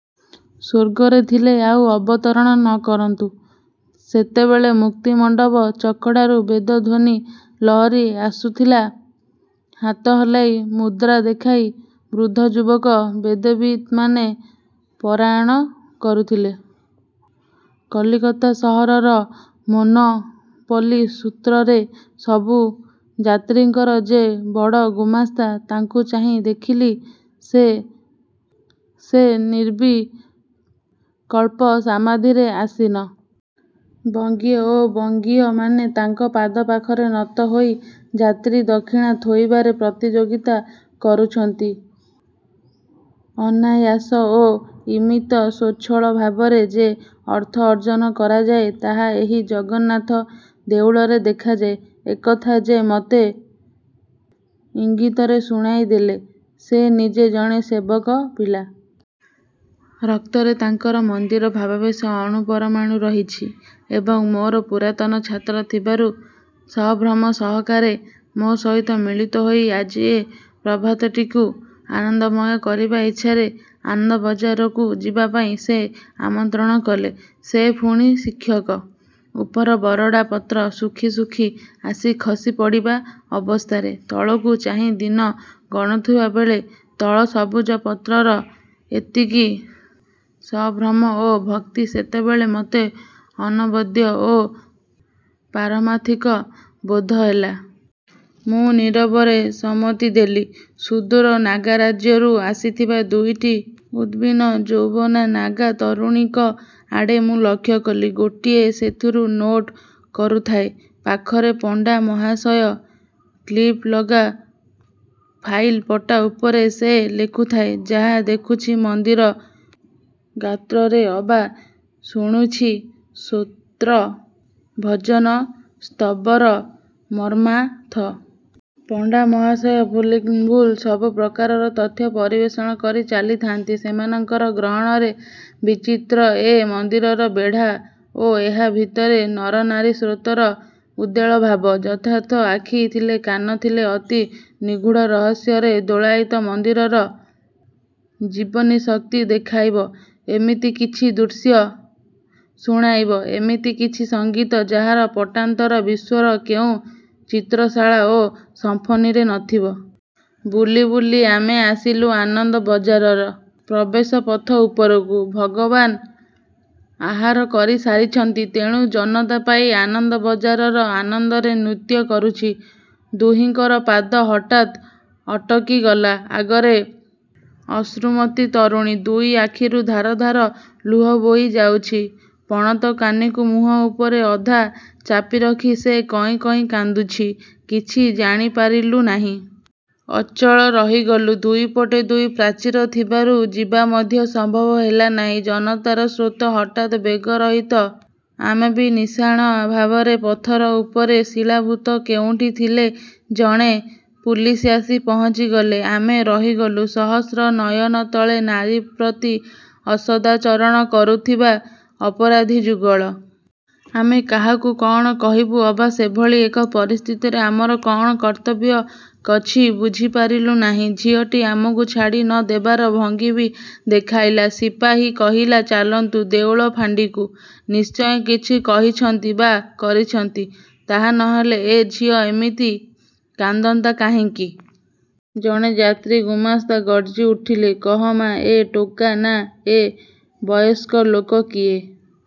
ସ୍ୱର୍ଗରେ ଥିଲେ ଆଉ ଅବତରଣ ନ କରନ୍ତୁ। ସେତେବେଳେ ମୁକ୍ତିମଣ୍ଡପ ଚକଡ଼ାରୁ ବେଦଧ୍ଵନୀ ଲହରୀ ଆସୁଥିଲା। ହାତ ହଲାଇ, ମୁଦ୍ରା ଦେଖାଇ ବୃଦ୍ଧ ଯୁବକ ବେଦବିତ୍ମାନେ ପରାୟଣ କରୁଥିଲେ। କଲିକତା ସହରର ମୋନୋପଲି ସୂତ୍ରରେ ସବୁ ଯାତ୍ରୀଙ୍କର ଯେ ବଡ଼ ଗୁମାସ୍ତା, ତାଙ୍କୁ ଚାହିଁ ଦେଖିଲି, ସେ ନିର୍ବିକଳ୍ପ ସମାଧିରେ ଆସୀନ। ବଙ୍ଗୀୟ ଓ ବଙ୍ଗୀୟମାନେ ତାଙ୍କ ପାଦ ପାଖରେ ନତ ହୋଇ ଯାତ୍ରୀ ଦକ୍ଷିଣା ଥୋଇବାରେ ପ୍ରତିଯୋଗିତା କରୁଛନ୍ତି। ଅନାୟାସ ଓ ଇମିତି ସ୍ୱଚ୍ଛଳ ଭାବରେ ଯେ ଅର୍ଥ ଅର୍ଜନ କରାଯାଏ, ତାହା ଏହି ଜଗନ୍ନାଥ ଦେଉଳରେ ଦେଖାଯାଏ। ଏକଥା ଯେ ମତେ ଇଙ୍ଗିତରେ ଶୁଣାଇଦେଲେ, ସେ ନିଜେ ଜଣେ ସେବକ ପିଲା। ରକ୍ତରେ ତାଙ୍କର ମନ୍ଦିର ଭାବାବେଶର ଅଣୁ ପରମାଣୁ ରହିଛି ଏବଂ ମୋର ପୂର୍ବତନ ଛାତ୍ର ଥିବାରୁ ସଂଭ୍ରମ ସହକାରେ ମୋ ସହିତ ମିଳିତହୋଇ ଆଜି ଏ ପ୍ରଭାତଟିକୁ ଆନନ୍ଦମୟ କରିବା ଇଚ୍ଛାରେ ଅନନ୍ଦବଜାରକୁ ଯିବା ପାଇଁ ସେ ଆମନ୍ତ୍ରଣ କଲେ। ସେ ପୁଣି ଶିକ୍ଷକ। ଉପର ବରଡ଼ା ପତ୍ର ଶୁଖି ଶୁଖି ଆସି ଖସି ପଡ଼ିବା ଅବସ୍ଥାରେ ତଳକୁ ଚାହିଁ ଦିନ ଗଣୁଥିବାବେଳେ ତଳ ସବୁଜ ପତ୍ରର ଏତିକି ସଂଭ୍ରମ ଓ ଭକ୍ତି ସେତେବେଳେ ମତେ ଅନବଦ୍ୟ ଓ ପାରମାର୍ଥିକ ବୋଧହେଲା। ମୁଁ ନୀରବରେ ସମ୍ମତି ଦେଲି। ସୁଦୂର ନାଗାରାଜ୍ୟରୁ ଆସିଥିବା ଦୁଇଟି ଉଦ୍ଭିନ୍ନଯୌବନା ନାଗା ତରୁଣୀଙ୍କ ଆଡ଼େ ମୁଁ ଲକ୍ଷ କଲି। ଗୋଟିଏ ସେଥିରୁ ନୋଟ୍ କରୁଥାଏ। ପାଖରେ ପଣ୍ଡା ମହାଶୟ। କ୍ଲିପ୍ ଲଗା ଫାଇଲ୍ ପଟା ଉପରେ ସେ ଲେଖୁଥାଏ, ଯାହା ଦେଖୁଛି ମନ୍ଦିର ଗାତ୍ରରେ ଅବା ଶୁଣୁଛି ସ୍ତୋତ୍ର, ଭଜନ, ସ୍ତବର ମର୍ମାର୍ଥ। ପଣ୍ଡାମହାଶୟ ଭୁଲ୍ନିର୍ଭୁଲ ସବୁ ପ୍ରକାର ତଥ୍ୟ ପରିବେଷଣ କରି ଚାଲିଥାନ୍ତି ସେମାନଙ୍କ ଗହଣରେ। ବିଚିତ୍ର ଏ ମନ୍ଦିରର ବେଢ଼ା ଓ ଏହା ଭିତରେ ନରନାରୀ ସ୍ରୋତର ଉଦ୍ବେଳ ଭାବ! ଯଥାର୍ଥ ଆଖି ଥିଲେ, କାନ ଥିଲେ, ଅତି ନିଗୂଢ଼ ରହସ୍ୟରେ ଦୋଳାୟିତ ମନ୍ଦିରର ଜୀବନୀ ଶକ୍ତି ଦେଖାଇବ ଏମିତି କିଛି ଦୃଶ୍ୟ, ଶୁଣାଇବ ଏମିତି କିଛି ସଙ୍ଗୀତ ଯାହାର ପଟାନ୍ତର ବିଶ୍ଵର କେଉଁ ଚିତ୍ରଶାଳା ଓ ସିଂଫନିରେ ନଥିବ। ବୁଲି ବୁଲି ଆମେ ଆସିଲୁ ଆନନ୍ଦବଜାରର ପ୍ରବେଶ ପଥ ଉପରକୁ ଭଗବାନ ଆହାର କରିସାରିଛନ୍ତି, ତେଣୁ ଜନତା ପାଇଁ ଆନନ୍ଦବଜାର ଆନନ୍ଦରେ ନୃତ୍ୟ କରୁଛି। ଦୁହିଁଙ୍କର ପାଦ ହଠାତ୍ ଅଟକିଗଲା। ଆଗରେ ଅଶ୍ରୁମତୀ ତରୁଣୀ। ଦୁଇ ଆଖିରୁ ଧାର ଧାର ଲୁହ ବୋହି ଯାଉଛି। ପଣତକାନିକୁ ମୁହଁ ଉପରେ ଅଧା ଚାପିରଖି ସେ କଇଁ କଇଁ କାନ୍ଦୁଛି, କିଛି ଜାଣିପାରିଲୁ ନାହିଁ। ଅଚଳ ରହିଗଲୁ। ଦୁଇପଟେ ଦୁଇ ପ୍ରାଚୀର ଥିବାରୁ ଯିବା ମଧ୍ୟ ସମ୍ଭବ ହେଲା ନାହିଁ। ଜନତାର ସ୍ରୋତ ହଠାତ୍ ବେଗରହିତ। ଆମେ ବି ନିଶାଣ ଭାବରେ ପଥର ଉପରେ ଶିଳୀଭୂତ। କେଉଁଠି ଥିଲେ ଜଣେ ପୁଲିସ୍ ଆସି ପହଞ୍ଚିଗଲେ। ଆମେ ରହିଗଲୁ ସହସ୍ର ନୟନ ତଳେ-ନାରୀ ପ୍ରତି ଅସଦାଚରଣ କରିଥିବା ଅପରାଧୀଯୁଗଳ। ଆମେ କାହାକୁ କଣ କହିବୁ ଅବା ସେଭଳି ଏକ ପରିସ୍ଥିତିରେ ଆମର କଅଣ କର୍ତ୍ତବ୍ୟ, କଛି ବୁଝିପାରିଲୁ ନାହିଁ। ଝିଅଟି ଆମକୁ ଛାଡ଼ି ନ ଦେବାର ଭଙ୍ଗୀ ବି ଦେଖାଇଲା। ସିପାହୀ କହିଲା-ଚାଲନ୍ତୁ ଦେଉଳ ଫାଣ୍ଡିକୁ। ନିଶ୍ଚୟ କିଛି କହିଛନ୍ତି ବା କରିଛନ୍ତି, ତାହା ନହେଲେ ଏ ଝିଅ ଏମିତି କାନ୍ଦନ୍ତା କାହିଁକି? ଜଣେ ଯାତ୍ରୀ ଗୁମସ୍ତା ଗର୍ଜିଉଠିଲେ-କହ ମା, ଏ ଟୋକା ନା ଏ ବୟସ୍କ ଲୋକ-କିଏ